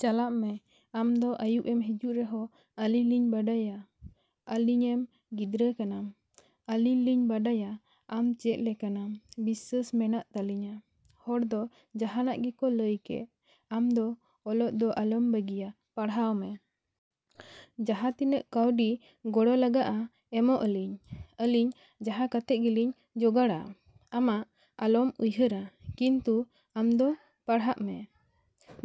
ᱪᱟᱞᱟᱜ ᱢᱮ᱾ ᱟᱢ ᱫᱚ ᱟᱹᱭᱩᱵ ᱮᱢ ᱦᱤᱡᱩᱜ ᱨᱮᱦᱚᱸ ᱟᱹᱞᱤᱧ ᱞᱤᱧ ᱵᱟᱲᱟᱭᱟ ᱟᱹᱞᱤᱧ ᱤᱡ ᱜᱤᱫᱽᱨᱟᱹ ᱠᱟᱱᱟᱢ᱾ ᱟᱹᱞᱤᱧ ᱞᱤᱧ ᱵᱟᱰᱟᱭᱟ ᱟᱢ ᱪᱮᱫ ᱞᱮᱠᱟᱱᱟᱢ ᱵᱤᱥᱥᱟᱹᱥ ᱢᱮᱱᱟᱜ ᱛᱟᱹᱞᱤᱧᱟ᱾ ᱦᱚᱲ ᱫᱚ ᱡᱟᱦᱟᱱᱟᱜ ᱜᱮᱠᱚ ᱞᱟᱹᱭ ᱠᱮᱜ ᱟᱢ ᱫᱚ ᱚᱞᱚᱜ ᱫᱚ ᱟᱞᱚᱢ ᱵᱟᱹᱜᱤᱭᱟ ᱯᱟᱲᱦᱟᱜ ᱢᱮ᱾ ᱡᱟᱦᱟᱸ ᱛᱤᱱᱟᱹᱜ ᱠᱟᱹᱣᱰᱤ ᱜᱚᱲᱚ ᱞᱟᱜᱟᱜᱼᱟ ᱮᱢ ᱟᱹᱞᱤᱧ ᱟᱹᱞᱤᱧ ᱡᱟᱦᱟᱸ ᱠᱟᱛᱮ ᱜᱮᱞᱤᱧ ᱡᱚᱜᱟᱲᱟ ᱟᱢᱟ ᱟᱞᱚᱢ ᱩᱭᱦᱟᱹᱨᱟ ᱠᱤᱱᱛᱩ ᱟᱢᱫᱚ ᱯᱟᱲᱦᱟᱜ ᱢᱮ᱾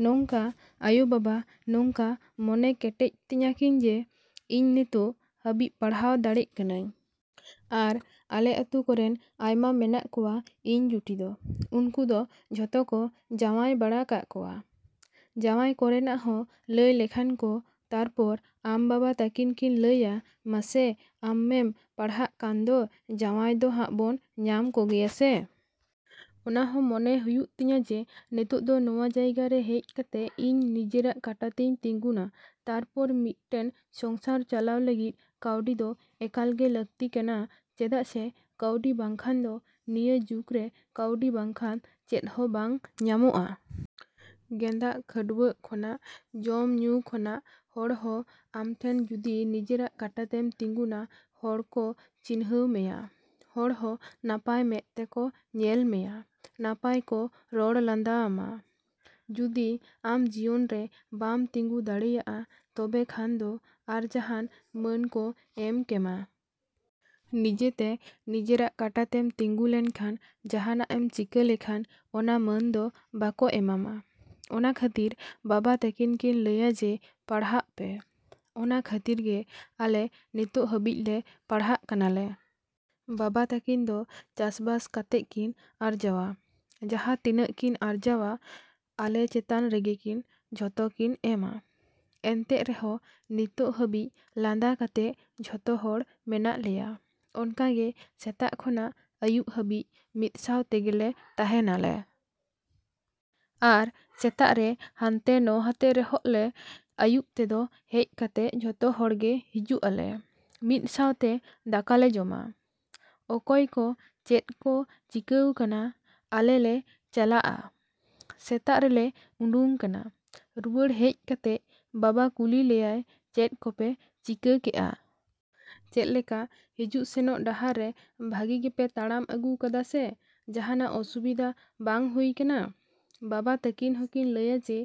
ᱱᱚᱝᱠᱟ ᱟᱭᱳᱼᱵᱟᱵᱟ ᱱᱚᱝᱠᱟ ᱢᱚᱱᱮ ᱠᱮᱴᱮᱡ ᱛᱤᱧᱟ ᱠᱤᱱ ᱡᱮ ᱤᱧ ᱱᱤᱛᱚᱜ ᱦᱟᱹᱵᱤᱡ ᱯᱟᱲᱦᱟᱜ ᱫᱟᱲᱮ ᱠᱟᱹᱱᱟᱹᱧ᱾ ᱟᱨ ᱟᱞᱮ ᱟᱛᱳ ᱠᱚᱨᱮᱱ ᱟᱭᱢᱟ ᱢᱮᱱᱟᱜ ᱠᱚᱣᱟ ᱤᱧ ᱡᱩᱴᱤ ᱫᱚ ᱩᱱᱠᱩ ᱫᱚ ᱡᱷᱚᱛᱚ ᱠᱚ ᱡᱟᱶᱟᱭ ᱪᱟᱵᱟ ᱠᱟᱜ ᱠᱚᱣᱟ᱾ ᱡᱟᱶᱟᱭ ᱠᱚᱨᱮᱱᱟᱜ ᱦᱚᱸ ᱞᱟᱹᱭ ᱞᱮᱠᱷᱟᱱ ᱠᱚ ᱛᱟᱨᱯᱚᱨ ᱟᱢ ᱵᱟᱵᱟ ᱛᱟᱠᱤᱱ ᱠᱤᱱ ᱞᱟᱹᱭᱟ ᱢᱟᱥᱮ ᱟᱢᱮᱢ ᱯᱟᱲᱦᱟᱜ ᱠᱟᱱ ᱫᱚ ᱡᱟᱶᱟᱭ ᱫᱚᱦᱟᱜ ᱵᱚᱱ ᱧᱟᱢ ᱠᱚᱜᱮᱭᱟᱥᱮ᱾ ᱚᱱᱟᱦᱚᱸ ᱢᱚᱱᱮ ᱦᱩᱭᱩᱜ ᱛᱤᱧᱟ ᱡᱮ ᱱᱤᱛᱚᱜ ᱫᱚ ᱱᱚᱣᱟ ᱡᱟᱭᱜᱟ ᱨᱮ ᱦᱮᱡ ᱠᱟᱛᱮ ᱤᱧ ᱱᱤᱡᱮᱨᱟᱜ ᱠᱟᱴᱟ ᱛᱤᱧ ᱛᱤᱸᱜᱩᱱᱟ ᱛᱟᱨᱯᱚᱨ ᱢᱤᱫᱴᱮᱱ ᱥᱚᱝᱥᱟᱨ ᱪᱟᱞᱟᱣ ᱞᱟᱹᱜᱤᱫ ᱠᱟᱹᱣᱰᱤ ᱫᱚ ᱮᱠᱟᱞᱜᱮ ᱞᱟᱹᱠᱛᱤ ᱠᱟᱱᱟ ᱪᱮᱫᱟᱜ ᱥᱮ ᱠᱟᱹᱣᱰᱤ ᱵᱟᱝᱠᱷᱟᱱ ᱫᱚ ᱱᱤᱭᱟᱹ ᱡᱩᱜᱽᱨᱮ ᱠᱟᱹᱣᱰᱤ ᱵᱟᱝᱠᱷᱟᱱ ᱪᱮᱫ ᱦᱚᱸ ᱵᱟᱝ ᱧᱟᱢᱚᱜᱼᱟ᱾ ᱜᱮᱸᱫᱟᱜ ᱠᱷᱟᱹᱰᱩᱣᱟᱹᱜ ᱠᱷᱚᱱᱟᱜ ᱡᱚᱢ ᱧᱩ ᱠᱷᱚᱱᱟᱜ ᱦᱚᱲ ᱦᱚᱸ ᱟᱢ ᱴᱷᱮᱱ ᱡᱩᱫᱤ ᱱᱤᱡᱮᱨᱟᱜ ᱠᱟᱴᱟ ᱛᱮᱢ ᱛᱤᱸᱜᱩᱱᱟ ᱦᱚᱲ ᱠᱚ ᱪᱤᱱᱦᱟᱹᱣ ᱢᱮᱭᱟ᱾ ᱦᱚᱲ ᱦᱚᱸ ᱱᱟᱯᱟᱭ ᱢᱮᱫ ᱛᱮᱠᱚ ᱧᱮᱞ ᱢᱮᱭᱟ, ᱱᱟᱯᱟᱭ ᱠᱚ ᱨᱚᱲ ᱞᱟᱸᱫᱟ ᱟᱢᱟ᱾ ᱡᱩᱫᱤ ᱟᱢ ᱡᱤᱭᱚᱱ ᱨᱮ ᱵᱟᱢ ᱛᱤᱸᱜᱩ ᱫᱟᱲᱮᱭᱟᱜᱼᱟ ᱛᱚᱵᱮ ᱠᱷᱟᱱ ᱫᱚ ᱟᱨ ᱡᱟᱦᱟᱱ ᱢᱟᱹᱱ ᱠᱚ ᱮᱢ ᱠᱮᱢᱟ᱾ ᱱᱤᱡᱮᱛᱮ ᱱᱤᱡᱮᱨᱟᱜ ᱠᱟᱴᱟ ᱛᱮᱢ ᱛᱤᱸᱜᱩ ᱞᱮᱱᱠᱷᱟᱱ ᱡᱟᱦᱟᱱᱟᱜ ᱮᱢ ᱪᱤᱠᱟᱹ ᱞᱮᱠᱷᱟᱱ ᱚᱱᱟ ᱢᱟᱹᱱ ᱫᱚ ᱵᱟᱠᱚ ᱮᱢᱟᱢᱟ᱾ ᱚᱱᱟ ᱠᱷᱟᱹᱛᱤᱨ ᱵᱟᱵᱟ ᱛᱟᱹᱠᱤᱱ ᱠᱤᱱ ᱞᱟᱹᱭᱟ ᱡᱮ ᱯᱟᱲᱦᱟᱜ ᱯᱮ᱾ ᱚᱱᱟ ᱠᱷᱟᱹᱛᱤᱨ ᱜᱮ ᱟᱞᱮ ᱱᱤᱛᱚᱜ ᱦᱟᱹᱵᱤᱡ ᱞᱮ ᱯᱟᱲᱦᱟᱜ ᱠᱟᱱᱟᱞᱮ᱾ ᱵᱟᱵᱟ ᱛᱟᱹᱠᱤᱱ ᱫᱚ ᱪᱟᱥᱼᱵᱟᱥ ᱠᱟᱛᱮ ᱠᱤᱱ ᱟᱨᱡᱟᱣᱟ᱾ ᱡᱟᱦᱟᱸ ᱛᱤᱱᱟᱹᱜ ᱠᱤᱱ ᱟᱨᱡᱟᱣᱟ ᱟᱞᱮ ᱪᱮᱛᱟᱱ ᱨᱮᱜᱮᱠᱤᱱ ᱡᱷᱚᱛᱚ ᱠᱤᱱ ᱮᱢᱟ᱾ ᱮᱱᱛᱮ ᱨᱮᱦᱚᱸ ᱱᱤᱛᱚᱜ ᱦᱟᱹᱵᱤᱡ ᱞᱟᱸᱫᱟ ᱠᱟᱛᱮ ᱡᱷᱚᱛᱚ ᱦᱚᱲ ᱢᱮᱱᱟᱜ ᱞᱮᱭᱟ᱾ ᱚᱱᱠᱟ ᱜᱮ ᱥᱮᱛᱟᱜ ᱠᱷᱚᱱᱟᱜ ᱟᱹᱭᱩᱵ ᱦᱟᱹᱵᱤᱡ ᱢᱤᱫ ᱥᱟᱶ ᱛᱮᱜᱮᱞᱮ ᱛᱟᱦᱮᱸ ᱱᱟᱞᱮ᱾ ᱟᱨ ᱥᱮᱛᱟᱜ ᱨᱮ ᱦᱟᱱᱛᱮ ᱱᱷᱟᱛᱮᱜ ᱨᱮᱦᱚᱸ ᱞᱮ ᱟᱹᱭᱩᱵ ᱛᱮᱫᱚ ᱦᱮᱡ ᱠᱟᱛᱮ ᱡᱷᱚᱛᱚ ᱦᱚᱲᱜᱮ ᱦᱤᱡᱩᱜ ᱟᱞᱮ᱾ ᱢᱤᱫ ᱥᱟᱶᱛᱮ ᱫᱟᱠᱟᱞᱮ ᱡᱚᱢᱟ᱾ ᱚᱠᱚᱭ ᱠᱚ ᱪᱮᱫ ᱠᱚ ᱪᱤᱠᱟᱹᱣ ᱠᱟᱱᱟ ᱟᱞᱮ ᱞᱮ ᱪᱟᱞᱟᱜᱼᱟ ᱥᱮᱛᱟᱜ ᱨᱮᱞᱮ ᱩᱰᱩᱝ ᱠᱟᱱᱟ᱾ ᱨᱩᱣᱟᱹᱲ ᱦᱮᱡ ᱠᱟᱛᱮ ᱵᱟᱵᱟ ᱠᱩᱞᱤ ᱞᱮᱭᱟᱭ ᱪᱮᱫ ᱠᱚᱯᱮ ᱪᱤᱠᱟᱹ ᱠᱮᱜᱼᱟ? ᱪᱮᱫ ᱞᱮᱠᱟ ᱦᱤᱡᱩᱜ ᱥᱮᱱᱚᱜ ᱰᱟᱦᱟᱨ ᱨᱮ ᱵᱷᱟᱹᱜᱤ ᱜᱮᱯᱮ ᱛᱟᱲᱟᱢ ᱟᱹᱜᱩ ᱠᱟᱫᱟ ᱥᱮ ᱡᱟᱦᱟᱱᱟᱜ ᱚᱥᱩᱵᱤᱫᱷᱟ ᱵᱟᱝ ᱦᱩᱭ ᱠᱟᱱᱟ᱾ ᱵᱟᱵᱟ ᱛᱟᱹᱠᱤᱱ ᱦᱚᱸᱠᱤᱱ ᱞᱟᱹᱭᱟ ᱡᱮ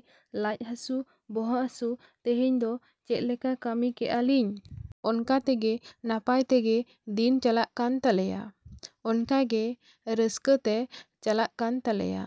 ᱞᱟᱡ ᱦᱟᱹᱥᱩ ᱵᱚᱦᱚᱜ ᱦᱟᱹᱥᱩ ᱛᱮᱦᱮᱧ ᱫᱚ ᱪᱮᱫ ᱞᱮᱠᱟ ᱠᱟᱹᱢᱤ ᱠᱮᱜᱼᱟ ᱞᱤᱧ᱾ ᱚᱱᱠᱟ ᱛᱮᱜᱮ ᱱᱟᱯᱟᱭ ᱛᱮᱜᱮ ᱫᱤᱱ ᱪᱟᱞᱟᱜ ᱠᱟᱱ ᱛᱟᱞᱮᱭᱟ᱾ ᱚᱱᱠᱟᱜᱮ ᱨᱟᱹᱥᱠᱟᱹ ᱛᱮ ᱪᱟᱞᱟᱜ ᱠᱟᱱ ᱛᱟᱞᱮᱭᱟ᱾।